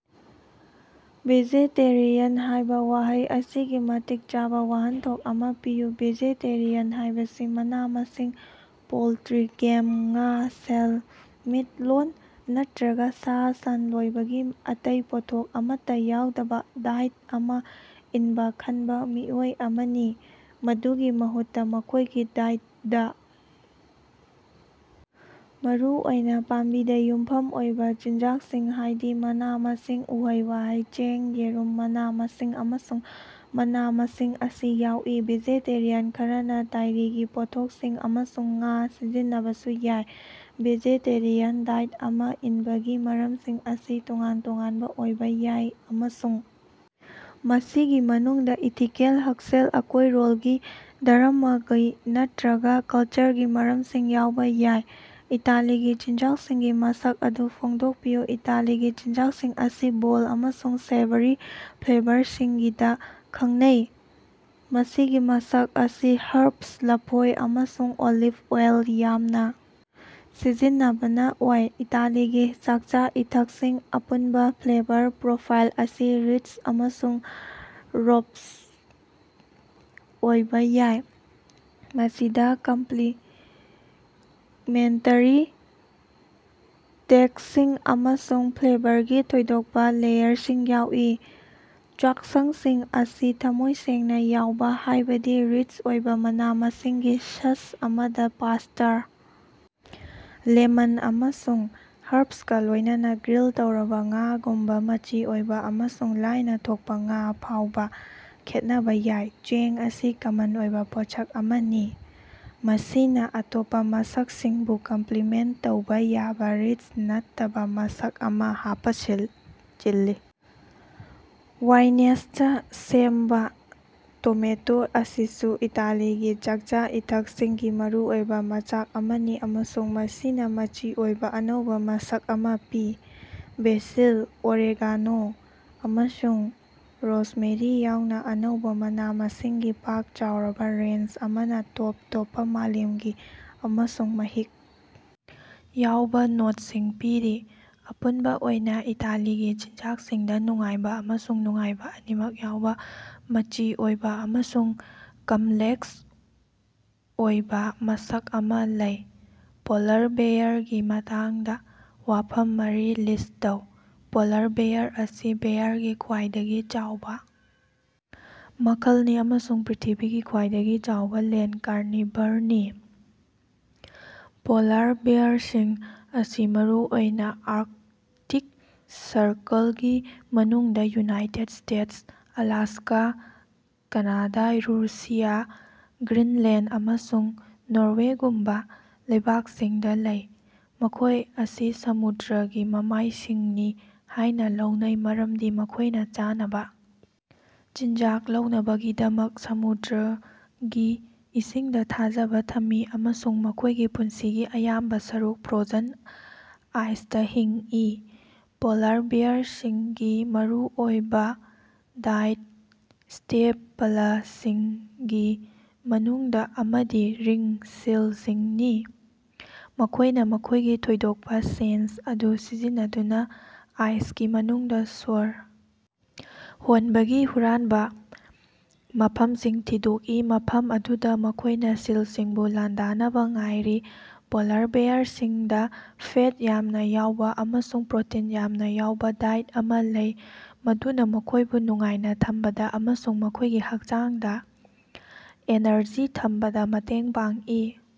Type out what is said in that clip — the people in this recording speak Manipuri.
ꯚꯦꯖꯦꯇꯦꯔꯤꯌꯥꯟ ꯍꯥꯏꯕ ꯋꯥꯍꯩ ꯑꯁꯤꯒꯤ ꯃꯇꯤꯛ ꯆꯥꯕ ꯋꯥꯍꯟꯊꯣꯛ ꯑꯃ ꯄꯤꯌꯨ꯫ ꯚꯦꯖꯦꯇꯦꯔꯤꯌꯥꯟ ꯍꯥꯏꯕꯁꯤ ꯃꯅꯥ-ꯃꯁꯤꯡ, ꯄꯣꯜꯇ꯭ꯔꯤ, ꯒꯦꯝ, ꯉꯥ, ꯁꯦꯜꯃꯤꯠꯂꯣꯟ ꯅꯠꯇ꯭ꯔꯒ ꯁꯥ-ꯁꯟ ꯂꯣꯏꯕꯒꯤ ꯑꯇꯩ ꯄꯣꯠꯊꯣꯛ ꯑꯃꯠꯇ ꯌꯥꯎꯗꯕ ꯗꯥꯏꯠ ꯑꯃ ꯏꯟꯕ ꯈꯟꯕ ꯃꯤꯑꯣꯏ ꯑꯃꯅꯤ꯫ ꯃꯗꯨꯒꯤ ꯃꯍꯨꯠꯇ, ꯃꯈꯣꯏꯒꯤ ꯗꯥꯏꯇꯗ ꯃꯔꯨꯑꯣꯏꯅ ꯄꯥꯝꯕꯤꯗ ꯌꯨꯝꯐꯝ ꯑꯣꯏꯕ ꯆꯤꯟꯖꯥꯛꯁꯤꯡ ꯍꯥꯏꯗꯤ ꯃꯅꯥ-ꯃꯁꯤꯡ, ꯎꯍꯩ-ꯋꯥꯍꯩ, ꯆꯦꯡ, ꯌꯦꯔꯨꯝ, ꯃꯅꯥ-ꯃꯁꯤꯡ, ꯑꯃꯁꯨꯡ ꯃꯅꯥ-ꯃꯁꯤꯡ ꯑꯁꯤ ꯌꯥꯎꯏ꯫ ꯚꯦꯖꯦꯇꯦꯔꯤꯌꯥꯟ ꯈꯔꯅ ꯗꯥꯏꯔꯤꯒꯤ ꯄꯣꯠꯊꯣꯛꯁꯤꯡ ꯑꯃꯁꯨꯡ ꯉꯥ ꯁꯤꯖꯤꯟꯅꯕꯁꯨ ꯌꯥꯏ꯫ ꯚꯦꯖꯦꯇꯦꯔꯤꯌꯥꯟ ꯗꯥꯏꯠ ꯑꯃ ꯏꯟꯕꯒꯤ ꯃꯔꯝꯁꯤꯡ ꯑꯁꯤ ꯇꯣꯉꯥꯟ-ꯇꯣꯉꯥꯟꯕ ꯑꯣꯏꯕ ꯌꯥꯏ꯫ ꯑꯃꯁꯨꯡ ꯃꯁꯤꯒꯤ ꯃꯅꯨꯡꯗ ꯏꯊꯤꯀꯦꯜ, ꯍꯛꯁꯦꯜ, ꯑꯀꯣꯏꯔꯣꯜꯒꯤ, ꯙꯔꯝꯃꯒꯤ ꯅꯠꯇ꯭ꯔꯒ ꯀꯜꯆꯔꯒꯤ ꯃꯔꯝꯁꯤꯡ ꯌꯥꯎꯕ ꯌꯥꯏ꯫ ꯏꯇꯥꯂꯤꯒꯤ ꯆꯤꯟꯖꯥꯛꯁꯤꯡꯒꯤ ꯃꯁꯛ ꯑꯗꯨ ꯐꯣꯡꯗꯣꯛꯄꯤꯌꯨ꯫ ꯏꯇꯥꯂꯤꯒꯤ ꯆꯤꯟꯖꯥꯛꯁꯤꯡ ꯑꯁꯤ ꯕꯣꯜꯗ ꯑꯃꯁꯨꯡ ꯁꯦꯚꯔꯤ ꯐ꯭ꯂꯦꯕꯔꯁꯤꯡꯒꯤꯗ ꯈꯪꯅꯩ, ꯃꯁꯤꯒꯤ ꯃꯁꯛ ꯑꯁꯤ ꯍꯔꯕꯁ, ꯂꯐꯣꯏ ꯑꯃꯁꯨꯡ ꯑꯣꯂꯤꯚ ꯑꯣꯏꯜ ꯌꯥꯝꯅ ꯁꯤꯖꯤꯟꯅꯕꯅ ꯑꯣꯏ꯫ ꯏꯇꯥꯂꯤꯒꯤ ꯆꯥꯛꯆꯥ-ꯏꯊꯛꯁꯤꯡꯒꯤ ꯑꯄꯨꯟꯕ ꯐ꯭ꯂꯦꯕꯔ ꯄ꯭ꯔꯣꯐꯥꯏꯜ ꯑꯁꯤ ꯔꯤꯆ ꯑꯃꯁꯨꯡ ꯔꯣꯕꯁ꯭ꯠ ꯑꯣꯏꯕꯥ ꯌꯥꯏ꯫ ꯃꯁꯤꯗ ꯀꯝꯄꯂꯤꯃꯦꯟꯇꯦꯔꯤ ꯇꯦꯁ꯭ꯇꯁꯤꯡ ꯑꯃꯁꯨꯡ ꯐ꯭ꯂꯦꯕꯔꯒꯤ ꯊꯣꯏꯗꯣꯛꯄ ꯂꯦꯌꯔꯁꯤꯡ ꯌꯥꯎꯏ꯫ ꯆꯥꯛꯁꯪꯁꯤꯡ ꯑꯁꯤ ꯊꯃꯣꯏ ꯁꯦꯡꯅ ꯌꯥꯎꯕ, ꯍꯥꯏꯕꯗꯤ ꯔꯤꯆ ꯑꯣꯏꯕ ꯃꯅꯥ-ꯃꯁꯤꯡꯒꯤ ꯁꯁ ꯑꯃꯗ ꯄꯥꯁ꯭ꯇꯥꯔ, ꯂꯦꯃꯟ ꯑꯃꯁꯨꯡ ꯍꯔꯕꯁꯀꯥ ꯂꯣꯏꯅꯅ ꯒ꯭ꯔꯤꯜ ꯇꯧꯔꯕ ꯉꯥꯒꯨꯝꯕ ꯃꯆꯤ ꯑꯣꯏꯕ ꯑꯃꯁꯨꯡ ꯂꯥꯏꯅ ꯊꯣꯛꯄ ꯉꯥ ꯐꯥꯎꯕ ꯈꯦꯠꯅꯕ ꯌꯥꯏ꯫ ꯆꯦꯡ ꯑꯁꯤ ꯀꯃꯟ ꯑꯣꯏꯕ ꯄꯣꯠꯁꯛ ꯑꯃꯅꯤ꯫ ꯃꯁꯤꯅ ꯑꯇꯣꯞꯄ ꯃꯁꯛꯁꯤꯡꯕꯨ ꯀꯝꯞꯂꯤꯃꯦꯟꯇ ꯇꯧꯕ ꯌꯥꯕ ꯔꯤꯆ, ꯅꯠꯇꯕ ꯃꯁꯛ ꯑꯃ ꯍꯥꯄꯆꯤꯜꯂꯤ꯫ ꯋꯥꯏꯅꯦꯁꯇ ꯁꯦꯝꯕ ꯇꯣꯃꯦꯇꯣ ꯑꯁꯤꯁꯨ ꯏꯇꯥꯂꯤꯒꯤ ꯆꯥꯛꯆꯥ-ꯏꯊꯛꯁꯤꯡꯒꯤ ꯃꯔꯨꯑꯣꯏꯕ ꯃꯆꯥꯛ ꯑꯃꯅꯤ꯫ ꯑꯃꯁꯨꯡ ꯃꯁꯤꯅ ꯃꯆꯤ ꯑꯣꯏꯕ ꯑꯅꯧꯕ ꯃꯁꯛ ꯑꯃ ꯄꯤ꯫ ꯕꯦꯁꯤꯜ, ꯑꯣꯔꯦꯒꯥꯅꯣ, ꯑꯃꯁꯨꯡ ꯔꯣꯁꯃꯦꯔꯤ ꯌꯥꯎꯅ ꯑꯅꯧꯕ ꯃꯅꯥ-ꯃꯁꯤꯡꯒꯤ ꯄꯥꯛ ꯆꯥꯎꯔꯕ ꯔꯦꯟꯖ ꯑꯃꯅ ꯇꯣꯞ ꯇꯣꯞꯄ ꯃꯥꯂꯦꯝꯒꯤ ꯑꯃꯁꯨꯡ ꯃꯍꯤꯛ ꯌꯥꯎꯕ ꯅꯣꯠꯁꯤꯡ ꯄꯤꯔꯤ꯫ ꯑꯄꯨꯟꯕ ꯑꯣꯏꯅ ꯏꯇꯥꯂꯤꯒꯤ ꯆꯤꯟꯖꯥꯛꯁꯤꯡꯗ ꯅꯨꯡꯉꯥꯏꯕ ꯑꯃꯁꯨꯡ ꯅꯨꯡꯉꯥꯏꯕ ꯑꯅꯤꯃꯛ ꯌꯥꯎꯕ ꯃꯆꯤ ꯑꯣꯏꯕ ꯑꯃꯁꯨꯡ ꯀꯝꯞꯂꯦꯛꯁ ꯑꯣꯏꯕ ꯃꯁꯛ ꯑꯃ ꯂꯩ꯫ ꯄꯣꯂꯔ ꯕꯦꯌꯥꯔꯒꯤ ꯃꯇꯥꯡꯗ ꯋꯥꯐꯝ ꯃꯔꯤ ꯂꯤꯁ꯭ꯠ ꯇꯧ꯫ ꯄꯣꯂꯥꯔ ꯕꯦꯌꯥꯔ ꯑꯁꯤ ꯕꯦꯌꯥꯔꯒꯤ ꯈ꯭ꯋꯥꯏꯗꯒꯤ ꯆꯥꯎꯕ ꯃꯈꯜꯅꯤ ꯑꯃꯁꯨꯡ ꯄ꯭ꯔ꯭ꯤꯊꯤꯕꯤꯒꯤ ꯈ꯭ꯋꯥꯏꯗꯒꯤ ꯆꯥꯎꯕ ꯂꯦꯟꯗ ꯀꯥꯔꯅꯤꯚꯔꯅꯤ꯫ ꯄꯣꯂꯥꯔ ꯕꯦꯌꯥꯔꯁꯤꯡ ꯑꯁꯤ ꯃꯔꯨꯑꯣꯏꯅ ꯑꯥꯔꯛꯇꯤꯛ ꯁꯔꯀꯜꯒꯤ ꯃꯅꯨꯡꯗ United States (Alaska), Canada, Russia, Greenland, ꯑꯃꯁꯨꯡ ꯅꯣꯔꯋꯦꯒꯨꯝꯕ ꯂꯩꯕꯥꯛꯁꯤꯡꯗ ꯂꯩ꯫ ꯃꯈꯣꯏ ꯑꯁꯤ ꯁꯃꯨꯗ꯭ꯔꯒꯤ ꯃꯃꯥꯏꯁꯤꯡꯅꯤ ꯍꯥꯏꯅ ꯂꯧꯅꯩ ꯃꯔꯝꯗꯤ ꯃꯈꯣꯏꯅ ꯆꯥꯅꯕ ꯆꯤꯟꯖꯥꯛ ꯂꯧꯅꯕꯒꯤꯗꯃꯛ ꯁꯃꯨꯗ꯭ꯔꯒꯤ ꯏꯁꯤꯡꯗ ꯊꯥꯖꯕ ꯊꯝꯃꯤ ꯫ ꯑꯃꯁꯨꯡ ꯃꯈꯣꯏꯒꯤ ꯄꯨꯟꯁꯤꯒꯤ ꯑꯌꯥꯝꯕ ꯁꯔꯨꯛ ꯐ꯭ꯔꯣꯖꯟ ꯑꯥꯏꯁꯇꯥ ꯍꯤꯡꯏ꯫ ꯄꯣꯂꯥꯔ ꯕꯦꯌꯥꯔꯁꯤꯡꯒꯤ ꯃꯔꯨꯑꯣꯏꯕ ꯗꯥꯏꯠ ꯁ꯭ꯇꯦꯄꯂꯁꯤꯡꯒꯤ ꯃꯅꯨꯡꯗ ꯑꯃꯗꯤ ꯔꯤꯡ ꯁꯤꯜꯁꯤꯡꯅꯤ꯫ ꯃꯈꯣꯏꯅ ꯃꯈꯣꯏꯒꯤ ꯊꯣꯏꯗꯣꯛꯄ ꯁꯦꯟꯁ ꯑꯗꯨ ꯁꯤꯖꯤꯟꯅꯗꯨꯅ ꯑꯥꯏꯁꯀꯤ ꯃꯅꯨꯡꯗ ꯁ꯭ꯋꯔ ꯍꯣꯟꯕꯒꯤ ꯍꯨꯔꯥꯟꯕ ꯃꯐꯝꯁꯤꯡ ꯊꯤꯗꯣꯛꯏ꯫ ꯃꯐꯝ ꯑꯗꯨꯗ ꯃꯈꯣꯏꯅ ꯁꯤꯜꯁꯤꯡꯕꯨ ꯂꯥꯟꯗꯥꯅꯕ ꯉꯥꯏꯔꯤ꯫ ꯄꯣꯂꯥꯔ ꯕꯦꯌꯥꯔꯁꯤꯡꯗ ꯐꯦꯠ ꯌꯥꯝꯅ ꯌꯥꯎꯕ ꯑꯃꯁꯨꯡ ꯄ꯭ꯔꯣꯇꯤꯟ ꯌꯥꯝꯅ ꯌꯥꯎꯕ ꯗꯥꯏꯠ ꯑꯃ ꯂꯩ꯫ ꯃꯗꯨꯅ ꯃꯈꯣꯏꯕꯨ ꯅꯨꯡꯉꯥꯏꯅ ꯊꯝꯕꯗ ꯑꯃꯁꯨꯡ ꯃꯈꯣꯏꯒꯤ ꯍꯛꯆꯥꯡꯗ ꯑꯦꯅꯔꯖꯤ ꯊꯝꯕꯗ ꯃꯇꯦꯡ ꯄꯥꯡꯏ꯫